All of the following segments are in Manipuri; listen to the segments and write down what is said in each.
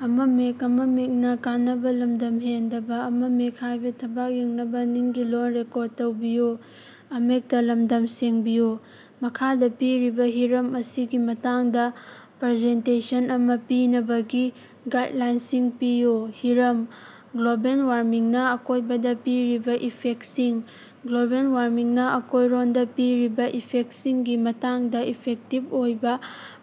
ꯃꯈꯥꯗ ꯄꯤꯔꯤꯕ ꯍꯤꯔꯝ ꯑꯁꯤꯒꯤ ꯃꯇꯥꯡꯗ ꯄ꯭ꯔꯖꯦꯟꯇꯦꯁꯟ ꯑꯃ ꯄꯤꯅꯕꯒꯤ ꯒꯥꯏꯗꯂꯥꯏꯟꯁꯤꯡ ꯄꯤꯌꯨ꯫ ꯍꯤꯔꯝ: ꯒ꯭ꯂꯣꯕꯦꯜ ꯋꯥꯔꯃꯤꯡꯅ ꯑꯀꯣꯏꯕꯗ ꯄꯤꯔꯤꯕ ꯏꯐꯦꯛꯁꯤꯡ꯫ ꯒ꯭ꯂꯣꯕꯦꯜ ꯋꯥꯔꯃꯤꯡꯅ ꯑꯀꯣꯏꯔꯣꯟꯗ ꯄꯤꯔꯤꯕ ꯏꯐꯦꯛꯁꯤꯡꯒꯤ ꯃꯇꯥꯡꯗ ꯏꯐꯦꯛꯇꯤꯚ ꯑꯣꯏꯕ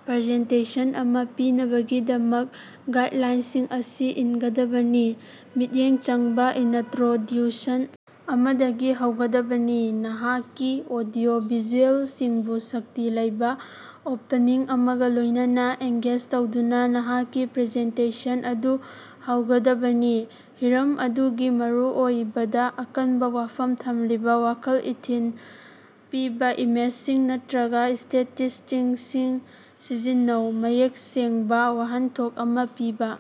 ꯄ꯭ꯔꯖꯦꯟꯇꯦꯁꯟ ꯑꯃ ꯄꯤꯅꯕꯒꯤꯗꯃꯛ, ꯒꯥꯏꯗꯂꯥꯏꯟꯁꯤꯡ ꯑꯁꯤ ꯏꯟꯒꯗꯕꯅꯤ: ꯃꯤꯠꯌꯦꯡ ꯆꯪꯕ ꯏꯅꯇ꯭ꯔꯣꯗ꯭ꯌꯨꯁꯟ ꯑꯃꯗꯒꯤ ꯍꯧꯒꯗꯕꯅꯤ, ꯅꯍꯥꯛꯀꯤ ꯑꯣꯗꯤꯑꯣ-ꯚꯤꯖꯨꯑꯦꯜꯁꯤꯡꯕꯨ ꯁꯛꯇꯤ ꯂꯩꯕ ꯑꯣꯄꯅꯤꯡ ꯑꯃꯒ ꯂꯣꯏꯅꯅ ꯑꯦꯡꯒꯦꯖ ꯇꯧꯗꯨꯅ ꯅꯍꯥꯛꯀꯤ ꯄ꯭ꯔꯖꯦꯟꯇꯦꯁꯟ ꯑꯗꯨ ꯍꯧꯒꯗꯕꯅꯤ꯫ ꯍꯤꯔꯝ ꯑꯗꯨꯒꯤ ꯃꯔꯨꯑꯣꯏꯕꯗ ꯑꯀꯟꯕ ꯋꯥꯐꯝ ꯊꯝꯂꯤꯕ ꯋꯥꯈꯜ ꯏꯊꯤꯜ ꯄꯤꯕ ꯏꯃꯦꯖꯁꯤꯡ ꯅꯠꯇꯔꯒ ꯁ꯭ꯇꯦꯇꯤꯁ꯭ꯇꯤꯛꯁꯁꯤꯡ ꯁꯤꯖꯤꯟꯅꯧ꯫ ꯃꯌꯦꯛ ꯁꯦꯡꯕ ꯋꯥꯍꯟꯊꯣꯛ ꯑꯃꯥ ꯄꯤꯕ: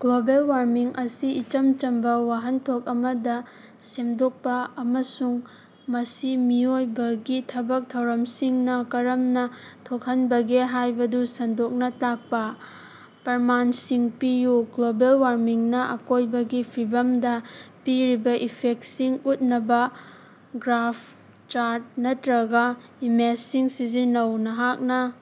ꯒ꯭ꯂꯣꯕꯦꯜ ꯋꯥꯔꯃꯤꯡ ꯑꯁꯤ ꯏꯆꯝ ꯆꯝꯕ ꯋꯥꯍꯟꯊꯣꯛ ꯑꯃꯗ ꯁꯦꯝꯗꯣꯛꯄ ꯑꯃꯁꯨꯡ ꯃꯁꯤ ꯃꯤꯑꯣꯏꯕꯒꯤ ꯊꯕꯛ ꯊꯧꯔꯝꯁꯤꯡꯅ ꯀꯔꯝꯅ ꯊꯣꯛꯍꯟꯕꯒꯦ ꯍꯥꯏꯕꯗꯨ ꯁꯟꯗꯣꯛꯅ ꯇꯥꯛꯄ꯫ ꯄ꯭ꯔꯃꯥꯟꯁꯤꯡ ꯄꯤꯌꯨ: ꯒ꯭ꯂꯣꯕꯦꯜ ꯋꯥꯔꯃꯤꯡꯅ ꯑꯀꯣꯏꯕꯒꯤ ꯐꯤꯕꯝꯗ ꯄꯤꯔꯤꯕ ꯏꯐꯦꯛꯁꯤꯡ ꯎꯠꯅꯕ ꯒ꯭ꯔꯥꯐ, ꯆꯥꯔꯠ ꯅꯠꯇꯔꯒ ꯏꯃꯦꯖꯁꯤꯡ ꯁꯤꯖꯤꯟꯅꯧ꯫ ꯅꯍꯥꯛꯅ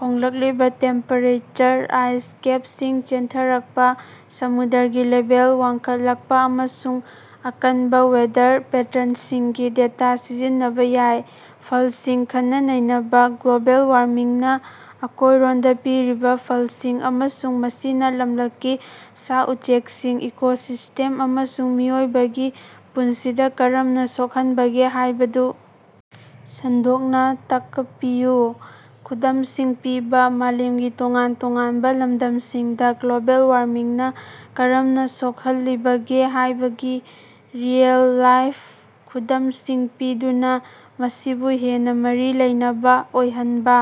ꯍꯣꯡꯂꯛꯂꯤꯕ ꯇꯦꯝꯄꯦꯔꯦꯆꯔ, ꯑꯥꯏꯁ ꯀꯦꯞꯁꯤꯡ ꯆꯦꯟꯊꯔꯛꯄ, ꯁꯃꯨꯗ꯭ꯔꯒꯤ ꯂꯦꯚꯦꯜ ꯋꯥꯡꯈꯠꯂꯛꯄ, ꯑꯃꯁꯨꯡ ꯑꯀꯟꯕ ꯋꯦꯗꯔ ꯄꯦꯇꯔꯟꯁꯤꯡꯒꯤ ꯗꯦꯇꯥ ꯁꯤꯖꯤꯟꯅꯕ ꯌꯥꯏ꯫ ꯐꯜꯁꯤꯡ ꯈꯟꯅ-ꯅꯩꯅꯕ: ꯒ꯭ꯂꯣꯕꯦꯜ ꯋꯥꯔꯃꯤꯡꯅ ꯑꯀꯣꯏꯔꯣꯟꯗ ꯄꯤꯔꯤꯕ ꯐꯜꯁꯤꯡ ꯑꯃꯁꯨꯡ ꯃꯁꯤꯅ ꯂꯝꯂꯛꯀꯤ ꯁꯥ-ꯎꯆꯦꯛꯁꯤꯡ, ꯏꯀꯣꯁꯤꯁ꯭ꯇꯦꯝ ꯑꯃꯁꯨꯡ ꯃꯤꯑꯣꯏꯕꯒꯤ ꯄꯨꯟꯁꯤꯗ ꯀꯔꯝꯅ ꯁꯣꯛꯍꯟꯕꯒꯦ ꯍꯥꯏꯕꯗꯨ ꯁꯟꯗꯣꯛꯅ ꯇꯥꯀꯄꯤꯌꯨ꯫ ꯈꯨꯗꯝꯁꯤꯡ ꯄꯤꯕ: ꯃꯥꯂꯦꯝꯒꯤ ꯇꯣꯉꯥꯟ-ꯇꯣꯉꯥꯟꯕ ꯂꯝꯗꯝꯁꯤꯡꯗ ꯒ꯭ꯂꯣꯕꯦꯜ ꯋꯥꯔꯃꯤꯡꯅ ꯀꯔꯝꯅ ꯁꯣꯛꯍꯜꯂꯤꯕꯒꯦ ꯍꯥꯏꯕꯒꯤ ꯔꯤꯑꯦꯜ-ꯂꯥꯏꯐ ꯈꯨꯗꯝꯁꯤꯡ ꯄꯤꯗꯨꯅꯥ ꯃꯁꯤꯕꯨ ꯍꯦꯟꯅ ꯃꯔꯤ ꯂꯩꯅꯕ ꯑꯣꯏꯍꯟꯕ꯫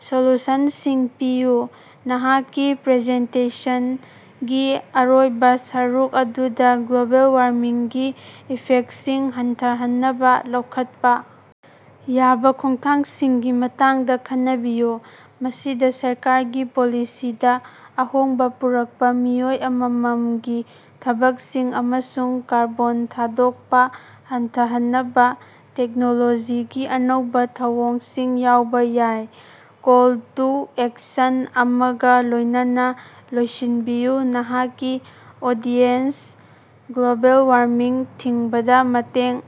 ꯁꯣꯂꯨꯁꯟꯁꯤꯡ ꯄꯤꯌꯨ - ꯅꯍꯥꯛꯀꯤ ꯄ꯭ꯔꯖꯦꯟꯇꯦꯁꯟꯒꯤ ꯑꯔꯣꯏꯕ ꯁꯔꯨꯛ ꯑꯗꯨꯗꯥ, ꯒ꯭ꯂꯣꯕꯦꯜ ꯋꯥꯔꯃꯤꯡꯒꯤ ꯏꯐꯦꯛꯁꯤꯡ ꯍꯟꯊꯍꯟꯅꯕ ꯂꯧꯈꯠꯄꯥ ꯌꯥꯕ ꯈꯣꯡꯊꯥꯡꯁꯤꯡꯒꯤ ꯃꯇꯥꯡꯗ ꯈꯟꯅꯕꯤꯌꯨ꯫ ꯃꯁꯤꯗ ꯁꯔꯀꯥꯔꯒꯤ ꯄꯣꯂꯤꯁꯤꯗ ꯑꯍꯣꯡꯕ ꯄꯨꯔꯛꯄ, ꯃꯤꯑꯣꯏ ꯑꯃꯃꯝꯒꯤ ꯊꯕꯛꯁꯤꯡ, ꯑꯃꯁꯨꯡ ꯀꯥꯔꯕꯣꯟ ꯊꯥꯗꯣꯛꯄ ꯍꯟꯊꯍꯟꯅꯕ ꯇꯦꯛꯅꯣꯂꯣꯖꯤꯒꯤ ꯑꯅꯧꯕꯥ ꯊꯧꯑꯣꯡꯁꯤꯡ ꯌꯥꯎꯕ ꯌꯥꯏ꯫ ꯀꯣꯜ ꯇꯨ ꯑꯦꯛꯁꯟ ꯑꯃꯒ ꯂꯣꯏꯅꯅ ꯂꯣꯏꯁꯤꯟꯕꯤꯌꯨ: ꯅꯍꯥꯛꯀꯤ ꯑꯣꯗꯤꯌꯦꯟꯁ ꯒ꯭ꯂꯣꯕꯦꯜ ꯋꯥꯔꯃꯤꯡ ꯊꯤꯡꯕꯗ ꯃꯇꯦꯡ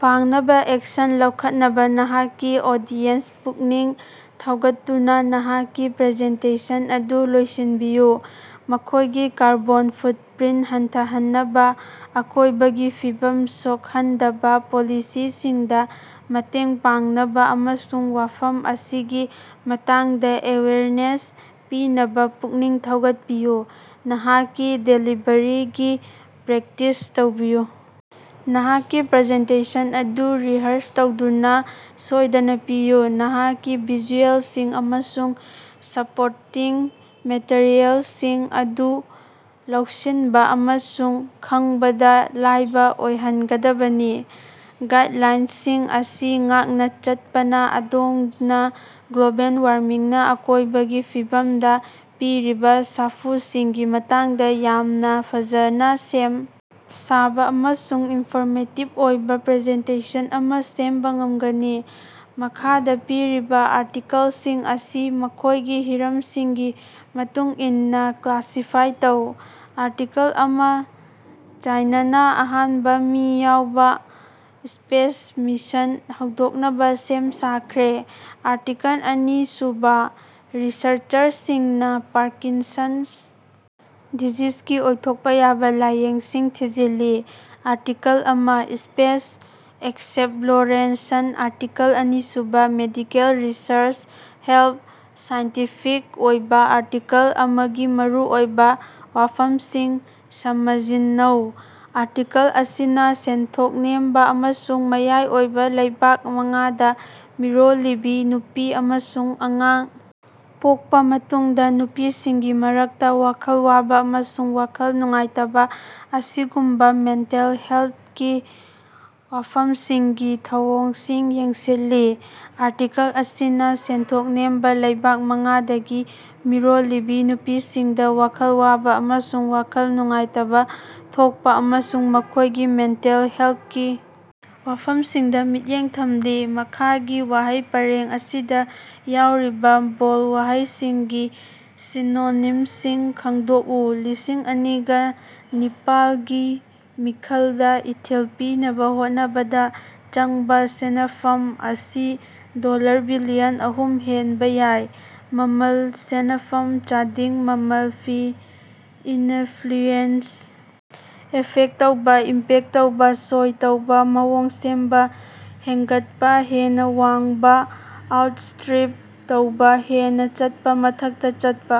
ꯄꯥꯡꯅꯕ ꯑꯦꯛꯁꯟ ꯂꯧꯈꯠꯅꯕ ꯅꯍꯥꯛꯀꯤ ꯑꯣꯗꯤꯑꯦꯟꯁ ꯄꯨꯛꯅꯤꯡ ꯊꯧꯒꯠꯇꯨꯅ ꯅꯍꯥꯛꯀꯤ ꯄ꯭ꯔꯖꯦꯟꯇꯦꯁꯟ ꯑꯗꯨ ꯂꯣꯏꯁꯤꯟꯕꯤꯌꯨ꯫ ꯃꯈꯣꯏꯒꯤ ꯀꯥꯔꯕꯣꯟ ꯐꯨꯠꯄ꯭ꯔꯤꯟꯠ ꯍꯟꯊꯍꯟꯅꯕ, ꯑꯀꯣꯏꯕꯒꯤ ꯐꯤꯕꯝ ꯁꯣꯛꯍꯟꯗꯕ ꯄꯣꯂꯤꯁꯤꯁꯤꯡꯗ ꯃꯇꯦꯡ ꯄꯥꯡꯅꯕ ꯑꯃꯁꯨꯡ ꯋꯥꯐꯝ ꯑꯁꯤꯒꯤ ꯃꯇꯥꯡꯗ ꯑꯦꯋꯦꯌ꯭ꯔꯅꯦꯁ ꯄꯤꯅꯕ ꯄꯨꯛꯅꯤꯡ ꯊꯧꯒꯠꯄꯤꯌꯨ꯫ ꯅꯍꯥꯛꯀꯤ ꯗꯦꯂꯤꯚꯔꯤꯒꯤ ꯄ꯭ꯔꯦꯛꯇꯤꯁ ꯇꯧꯕꯤꯌꯨ: ꯅꯍꯥꯛꯀꯤ ꯄ꯭ꯔꯖꯦꯟꯇꯦꯁꯟ ꯑꯗꯨ ꯔꯤꯍꯔ꯭ꯁ ꯇꯧꯗꯨꯅ ꯁꯣꯏꯗꯅ ꯄꯤꯌꯨ꯫ ꯅꯍꯥꯛꯀꯤ ꯚꯤꯖꯨꯑꯦꯜꯁꯤꯡ ꯑꯃꯁꯨꯡ ꯁꯄꯣꯔꯇꯤꯡ ꯃꯦꯇꯔꯤꯑꯦꯜꯁꯤꯡ ꯑꯗꯨ ꯂꯧꯁꯤꯟꯕ ꯑꯃꯁꯨꯡ ꯈꯪꯕꯗ ꯂꯥꯏꯕ ꯑꯣꯏꯍꯟꯒꯗꯕꯅꯤ꯫ ꯒꯥꯏꯗꯂꯥꯏꯟꯁꯤꯡ ꯑꯁꯤ ꯉꯥꯛꯅꯥ ꯆꯠꯄꯅ ꯑꯗꯣꯝꯅ ꯒ꯭ꯂꯣꯕꯦꯜ ꯋꯥꯔꯃꯤꯡꯅ ꯑꯀꯣꯏꯕꯒꯤ ꯐꯤꯕꯝꯗ ꯄꯤꯔꯤꯕ ꯁꯥꯐꯨꯁꯤꯡꯒꯤ ꯃꯇꯥꯡꯗ ꯌꯥꯝꯅ ꯐꯖꯅ ꯁꯦꯝ ꯁꯥꯕ ꯑꯃꯁꯨꯡ ꯏꯟꯐꯣꯔꯃꯦꯇꯤꯚ ꯑꯣꯏꯕ ꯄ꯭ꯔꯖꯦꯟꯇꯦꯁꯟ ꯑꯃ ꯁꯦꯝꯕ ꯉꯝꯒꯅꯤ꯫ ꯃꯈꯥꯗ ꯄꯤꯔꯤꯕ ꯑꯥꯔꯇꯤꯀꯜꯁꯤꯡ ꯑꯁꯤ ꯃꯈꯣꯏꯒꯤ ꯍꯤꯔꯝꯁꯤꯡꯒꯤ ꯃꯇꯨꯡ ꯏꯟꯅ ꯀ꯭ꯂꯥꯁꯤꯐꯥꯏ ꯇꯧ꯫ ꯑꯥꯔꯇꯤꯀꯜ ꯑꯃ: "ꯆꯥꯏꯅꯥꯅ ꯑꯍꯥꯟꯕ ꯃꯤ ꯌꯥꯎꯕ ꯁ꯭ꯄꯦꯁ ꯃꯤꯁꯟ ꯍꯧꯗꯣꯛꯅꯕ ꯁꯦꯝ ꯁꯥꯈ꯭ꯔꯦ꯫" ꯑꯥꯔꯇꯤꯀꯜ ꯑꯅꯤꯁꯨꯕ: "ꯔꯤꯁ꯭ꯔꯆꯔꯁꯤꯡꯅ ꯄꯥꯔꯀꯤꯟꯁꯟ꯭ꯁ ꯗꯤꯖꯤꯖꯒꯤ ꯑꯣꯏꯊꯣꯛꯄ ꯌꯥꯕ ꯂꯥꯏꯌꯦꯡꯁꯤꯡ ꯊꯤꯖꯤꯜꯂꯤ꯫" ꯑꯥꯔꯇꯤꯀꯜ ꯑꯃ: ꯁ꯭ꯄꯦꯁ ꯑꯦꯛꯁꯞꯂꯣꯔꯦꯁꯟ ꯑꯥꯔꯇꯤꯀꯜ ꯑꯅꯤꯁꯨꯕ: ꯃꯦꯗꯤꯀꯦꯜ ꯔꯤꯁ꯭ꯔꯆ ꯍꯦꯜꯊ꯫ ꯁꯥꯏꯟꯇꯤꯐꯤꯛ ꯑꯣꯏꯕ ꯑꯥꯔꯇꯤꯀꯜ ꯑꯃꯒꯤ ꯃꯔꯨꯑꯣꯏꯕ ꯋꯥꯐꯝꯁꯤꯡ ꯁꯃꯖꯤꯟꯅꯧ꯫ ꯑꯥꯔꯇꯤꯀꯜ ꯑꯁꯤꯅꯥ ꯁꯦꯟꯊꯣꯛ ꯅꯦꯝꯕ ꯑꯃꯁꯨꯡ ꯃꯌꯥꯏ ꯑꯣꯏꯕ ꯂꯩꯕꯥꯛ ꯃꯉꯥꯗ ꯃꯤꯔꯣꯜꯂꯤꯕꯤ ꯅꯨꯄꯤ ꯑꯃꯁꯨꯡ ꯑꯉꯥꯡ ꯄꯣꯛꯄꯥ ꯃꯇꯨꯡꯒꯤ ꯅꯨꯄꯤꯁꯤꯡꯒꯤ ꯃꯔꯛꯇ ꯋꯥꯈꯜ ꯋꯥꯕꯥ ꯑꯃꯁꯨꯡ ꯋꯥꯈꯜ ꯅꯨꯡꯉꯥꯏꯇꯕ ꯑꯁꯤꯒꯨꯝꯕꯥ ꯃꯦꯟꯇꯦꯜ ꯍꯦꯜꯊꯀꯤ ꯋꯥꯐꯝꯁꯤꯡꯒꯤ ꯊꯧꯑꯣꯡꯁꯤꯡ ꯌꯦꯡꯁꯤꯜꯂꯤ꯫ ꯑꯥꯔꯇꯤꯀꯜ ꯑꯁꯤꯅ ꯁꯦꯟꯊꯣꯛ ꯅꯦꯝꯕ ꯂꯩꯕꯥꯛ ꯃꯉꯥꯗꯒꯤ ꯃꯤꯔꯣꯜꯂꯤꯕꯤ ꯅꯨꯄꯤꯁꯤꯡꯗꯥ ꯋꯥꯈꯜ ꯋꯥꯕ ꯑꯃꯁꯨꯡ ꯋꯥꯈꯜ ꯅꯨꯡꯉꯥꯏꯇꯕ ꯊꯣꯛꯄꯥ ꯑꯃꯁꯨꯡ ꯃꯈꯣꯏꯒꯤ ꯃꯦꯟꯇꯦꯜ ꯍꯦꯜꯊꯀꯤ ꯋꯥꯐꯝꯁꯤꯡꯗ ꯃꯤꯠꯌꯦꯡ ꯊꯝꯂꯤ꯫ ꯃꯈꯥꯒꯤ ꯋꯥꯍꯩ ꯄꯔꯦꯡ ꯑꯁꯤꯗ ꯌꯥꯎꯔꯤꯕ ꯕꯣꯜꯗ ꯋꯥꯍꯩꯁꯤꯡꯒꯤ ꯁꯤꯅꯣꯅꯤꯝꯁꯤꯡ ꯈꯪꯗꯣꯛꯎ꯫ ꯂꯤꯁꯤꯡ ꯑꯅꯤꯒ ꯅꯤꯄꯥꯜꯒꯤ ꯃꯤꯈꯜꯗ ꯏꯊꯤꯜ ꯄꯤꯅꯕ ꯍꯣꯠꯅꯕꯗ ꯆꯪꯕ ꯁꯦꯅꯐꯝ ꯑꯁꯤ ꯗꯣꯜꯂꯔ ꯕꯤꯂꯤꯌꯟ ꯑꯍꯨꯝ ꯍꯦꯟꯕ ꯌꯥꯏ꯫ ꯃꯃꯜ: ꯁꯦꯅꯐꯝ, ꯆꯥꯗꯤꯡ, ꯃꯃꯜ, ꯐꯤ꯫ ꯏꯅꯐ꯭ꯂꯨꯑꯦꯟꯁ: ꯑꯦꯐꯦꯛ ꯇꯧꯕꯥ, ꯏꯝꯄꯦꯛ ꯇꯧꯕꯥ, ꯁꯣꯏ ꯇꯧꯕꯥ, ꯃꯑꯣꯡ ꯁꯦꯝꯕ꯫ ꯍꯦꯡꯒꯠꯄ: ꯍꯦꯟꯅ ꯋꯥꯡꯕꯥ, ꯑꯥꯎꯠꯁ꯭ꯇ꯭ꯔꯤꯞ ꯇꯧꯕꯥ, ꯍꯦꯟꯅ ꯆꯠꯄ, ꯃꯊꯛꯇ ꯆꯠꯄ꯫